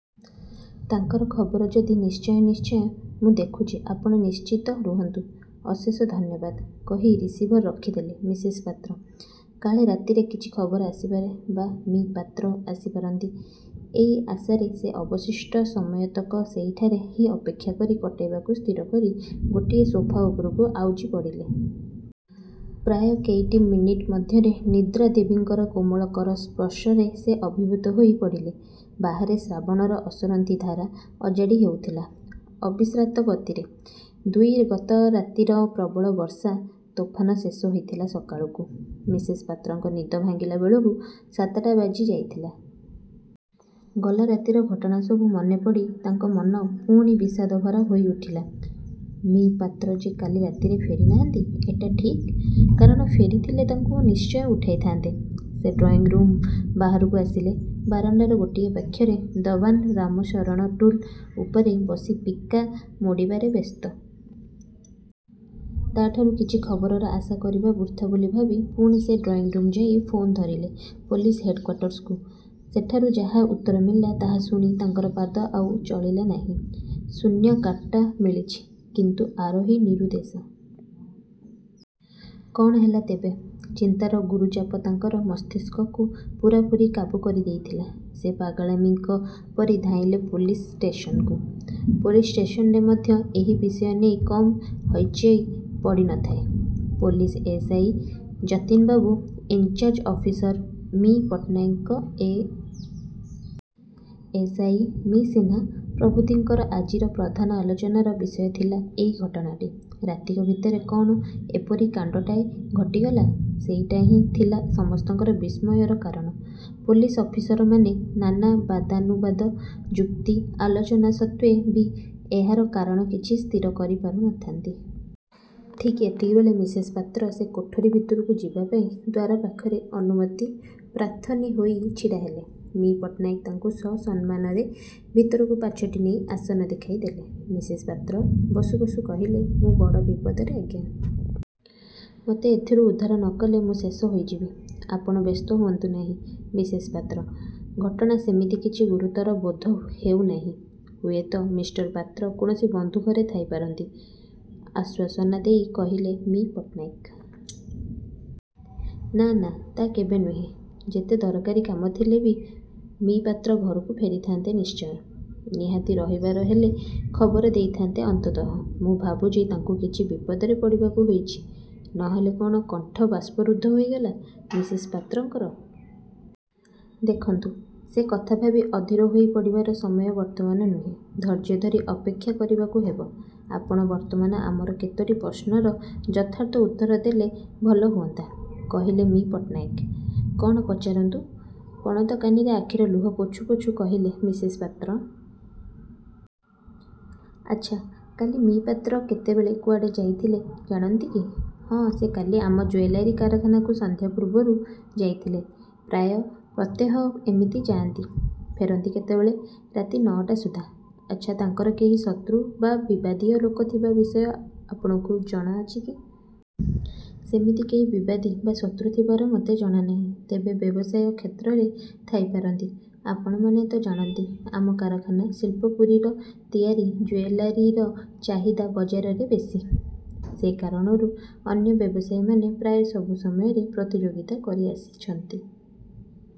ତାଙ୍କର ଖବର ଯଦି '''' ନିଶ୍ଚୟ, ନିଶ୍ଚୟ! ମୁଁ ଦେଖୁଛି; ଆପଣ ନିଶ୍ଚିନ୍ତ ରହନ୍ତୁ। '' ''ଅଶେଷ ଧନ୍ୟବାଦ '' କହି ରିସିଭର୍ ରଖି ଦେଲେ ମିସେସ୍ ପାତ୍ର। କାଳେ ରାତିରେ କିଛି ଖବର ଆସିପାରେ ବା ମି: ପାତ୍ର ଆସି ପାରନ୍ତି, ଏଇ ଆଶାରେ ସେ ଅବଶିଷ୍ଟ ସମୟତକ ସେଇଠାରେ ହିଁ ଅପେକ୍ଷା କରି କଟାଇବାକୁ ସ୍ଥିର କରି ଗୋଟିଏ ସୋଫା ଉପରକୁ ଆଉଜି ପଡ଼ିଲେ। ପ୍ରାୟ କେଇଟି ମିନିଟ ମଧ୍ୟରେ ନିଦ୍ରା ଦେବୀଙ୍କର କୋମଳ କର ସ୍ପର୍ଶରେ ସେ ଅଭିଭୂତ ହୋଇ ପଡ଼ିଲେ। ବାହାରେ ଶ୍ରାବଣର ଅସରନ୍ତି ଧାରା ଅଜାଡ଼ି ହେଉଥିଲା ଅବିଶ୍ରାନ୍ତ ଗତିରେ। -ଦୁଇ- ଗତ ରାତିର ପ୍ରବଳ ବର୍ଷା ତୋଫାନ ଶେଷ ହୋଇଥିଲା ସକାଳକୁ। ମିସେସ୍ ପାତ୍ରଙ୍କ ନିଦ ଭାଙ୍ଗିଲା ବେଳକୁ ସାତଟା ବାଜି ଯାଇଥିଲା। ଗଲା ରାତିର ଘଟଣା ସବୁ ମନେପଡ଼ି ତାଙ୍କ ମନ ପୁଣି ବିଷାଦଭରା ହୋଇଉଠିଲା। ମି: ପାତ୍ର ଯେ କାଲି ରାତିରେ ଫେରି ନାହାନ୍ତି-ଏଟା, ଠିକ୍, କାରଣ ଫେରି ଥିଲେ ତାଙ୍କୁ ନିଶ୍ଚୟ ଉଠାଇଥାନ୍ତେ। ସେ ଡ୍ରଇଂ ରୁମ୍ ବାହାରକୁ ଆସିଲେ। ବାରଣ୍ଡାର ଗୋଟିଏ ପାଖରେ ଦର୍ଓ୍ୱାନ୍ ରାମଶରଣ ଟୁଲ୍ ଉପରେ ବସି ପିକା ମୋଡ଼ିବାରେ ବ୍ୟସ୍ତ। ତା' ଠାରୁ କିଛି ଖବରର ଆଶା କରିବା ବୃଥା ବୋଲି ଭାବି ପୁଣି ସେ ଡ୍ରଇଂରୁମ୍ ଯାଇ ଫୋନ୍ ଧରିଲେ, ପୋଲିସ୍ ହେଡ଼୍କ୍ୱାଟର୍ସକୁ। ସେଠାରୁ ଯାହା ଉତ୍ତର ମିଳିଲା ତାହା ଶୁଣି ତାଙ୍କର ପାଦ ଆଉ ଚଳିଲା ନାହିଁ। ''ଶୂନ୍ୟ କାର୍ଟା ମିଳିଛି, କିନ୍ତୁ ଆରୋହୀ ନିରୁଦ୍ଦେଶ! କ'ଣ ହେଲା ତେବେ? '' ଚିନ୍ତାର ଗୁରୁଚାପ ତାଙ୍କର ମସ୍ତିଷ୍କକୁ ପୂରାପୂରି କାବୁ କରି ଦେଇଥିଲା। ସେ ପାଗଳାମୀଙ୍କ ପରି ଧାଇଁଲେ ପୋଲିସ୍ ଷ୍ଟେସନକୁ-। ପୋଲିସ୍ ଷ୍ଟେସନରେ ମଧ୍ୟ ଏହି ବିଷୟ ନେଇ କମ ହୈଚୈ ପଡ଼ି ନ ଥାଏ। Police S. I. Jatin babu, in charge officer Mr: Patnaik, A. S. I. ମି: ସିହ୍ନା ପ୍ରଭୃତିଙ୍କର ଆଜିର ପ୍ରଧାନ ଆଲୋଚନାର ବିଷୟ ଥିଲା ଏଇ ଘଟଣାଟି। ରାତିକ ଭିତରେ କ'ଣ ଏପରି କାଣ୍ଡଟାଏ ଘଟିଗଲା-ସେଇଟାହିଁ ଥିଲା ସମସ୍ତଙ୍କର ବିସ୍ମୟର କାରଣ। ପୋଲିସ୍ ଅଫିସରମାନେ ନାନା ବାଦାନୁବାଦ, ଯୁକ୍ତି, ଆଲୋଚନା ସତ୍ତ୍ୱେ ବି ଏହାର କାରଣ କିଛି ସ୍ଥିର କରିପାରୁ ନଥାନ୍ତି। ଠିକ୍ ଏତିକିବେଳେ ମିସେସ୍ ପାତ୍ର ସେ କୋଠାରୀ ଭିତରକୁ ଯିବା ପାଇଁ ଦ୍ୱାର ପାଖରେ ଅନୁମତି ପ୍ରାର୍ଥିନୀ ହୋଇ ଛିଡ଼ା ହେଲେ। ମି: ପଟ୍ଟନାୟକ ତାଙ୍କୁ ସସମ୍ମାନରେ ଭିତରକୁ ପାଛୋଟି ନେଇ ଆସନ ଦେଖାଇ ଦେଲେ। ମିସେସ୍ ପାତ୍ର ବସୁ ବସୁ କହିଲେ-''ମୁଁ ବଡ଼ ବିପଦରେ ଆଜ୍ଞା-! ମୋତେ ଏଥିରୁ ଉଦ୍ଧାର ନ କଲେ ମୁଁ ଶେଷ ହୋଇଯିବି। '' ''ଆପଣ ବ୍ୟସ୍ତ ହୁଅନ୍ତୁ ନାହିଁ ମିସେସ୍ ପାତ୍ର! ଘଟଣା ସେମିତି କିଛି ଗୁରୁତର ବୋଧ ହେଉନାହିଁ। ହୁଏତ ମିଷ୍ଟର ପାତ୍ର କୌଣସି ବନ୍ଧୁ ଘରେ ଥାଇ ପାରନ୍ତି। '' ଆଶ୍ୱାସନା ଦେଇ କହିଲେ ମି: ପଟ୍ଟନାୟକ। ''ନା, ନା, ତା କେବେ ନୁହେଁ। ଯେତେ ଦରକାରୀ କାମ ଥିଲେ ବି ମି: ପାତ୍ର ଘରକୁ ଫେରିଥାନ୍ତେ ନିଶ୍ଚୟ। ନିହାତି ରହିବାର ହେଲେ ଖବର ଦେଇଥାନ୍ତେ ଅନ୍ତତଃ। ମୁଁ ଭାବୁଛି ତାଙ୍କୁ କିଛି ବିପଦରେ ପଡ଼ିବାକୁ ହୋଇଛି। ନହେଲେ କ'ଣ '' କଣ୍ଠ ବାସ୍ପରୁଦ୍ଧ ହୋଇଗଲା ମିସେସ୍ ପାତ୍ରଙ୍କର। ''ଦେଖନ୍ତୁ! ସେ କଥା ଭାବି ଅଧୀର ହୋଇ ପଡ଼ିବାର ସମୟ ବର୍ତ୍ତମାନ ନୁହେଁ। ଧୈର୍ଯଧରି ଅପେକ୍ଷା କରିବାକୁ ହେବ। ଆପଣ ବର୍ତ୍ତମାନ ଆମର କେତୋଟି ପ୍ରଶ୍ନର ଯଥାର୍ଥ ଉତ୍ତର ଦେଲେ ଭଲ ହୁଅନ୍ତା। '' କହିଲେ ମି: ପଟ୍ଟନାୟକ। ''କ'ଣ ପଚାରନ୍ତୁ! '' ପଣତ କାନିରେ ଆଖିରୁ ଲୁହ ପୋଛୁ ପୋଛୁ କହିଲେ ମିସେସ୍ ପାତ୍ର। ''ଆଚ୍ଛା, କାଲି ମି: ପାତ୍ର କେତେବେଳେ କୁଆଡ଼େ ଯାଇଥିଲେ ଜାଣନ୍ତି କି? '' ''ହଁ, ସେ କାଲି ଆମ ଜୁଏଲାରୀ କାରଖାନାକୁ ସନ୍ଧ୍ୟା ପୂର୍ବରୁ ଯାଇଥିଲେ। ପ୍ରାୟ ପ୍ରତ୍ୟହ ଏମିତି ଯାଆନ୍ତି। '' ''ଫେରନ୍ତି କେତେବେଳେ? '' ''ରାତି ନଅଟା ସୁଦ୍ଧା। '' ''ଆଚ୍ଛା, ତାଙ୍କର କେହି ଶତ୍ରୁ ବା ବିବାଦୀୟ ଲୋକ ଥିବା ବିଷୟ ଆପଣାକୁ ଜଣା ଅଛିକି-? '' ''ସେମିତି କେହି ବିବାଦୀ ବା ଶତ୍ରୁ ଥିବାର ମୋତେ ଜଣାନାହିଁ, ତେବେ ବ୍ୟବସାୟ କ୍ଷେତ୍ରରେ ଥାଇପାରନ୍ତି। ଆପଣମାନେ ତ ଜାଣନ୍ତି-ଆମ କାରଖାନା 'ଶିଳ୍ପପୁରୀ'ର ତିଆରି ଜୁଏଲାରୀର ଚାହିଦା ବଜାରରେ ବେଶୀ। ସେ କାରଣରୁ ଅନ୍ୟ ବ୍ୟବସାୟୀମାନେ ପ୍ରାୟ ସବୁ ସମୟରେ ପ୍ରତିଯୋଗିତା କରି ଆସିଛନ୍ତି।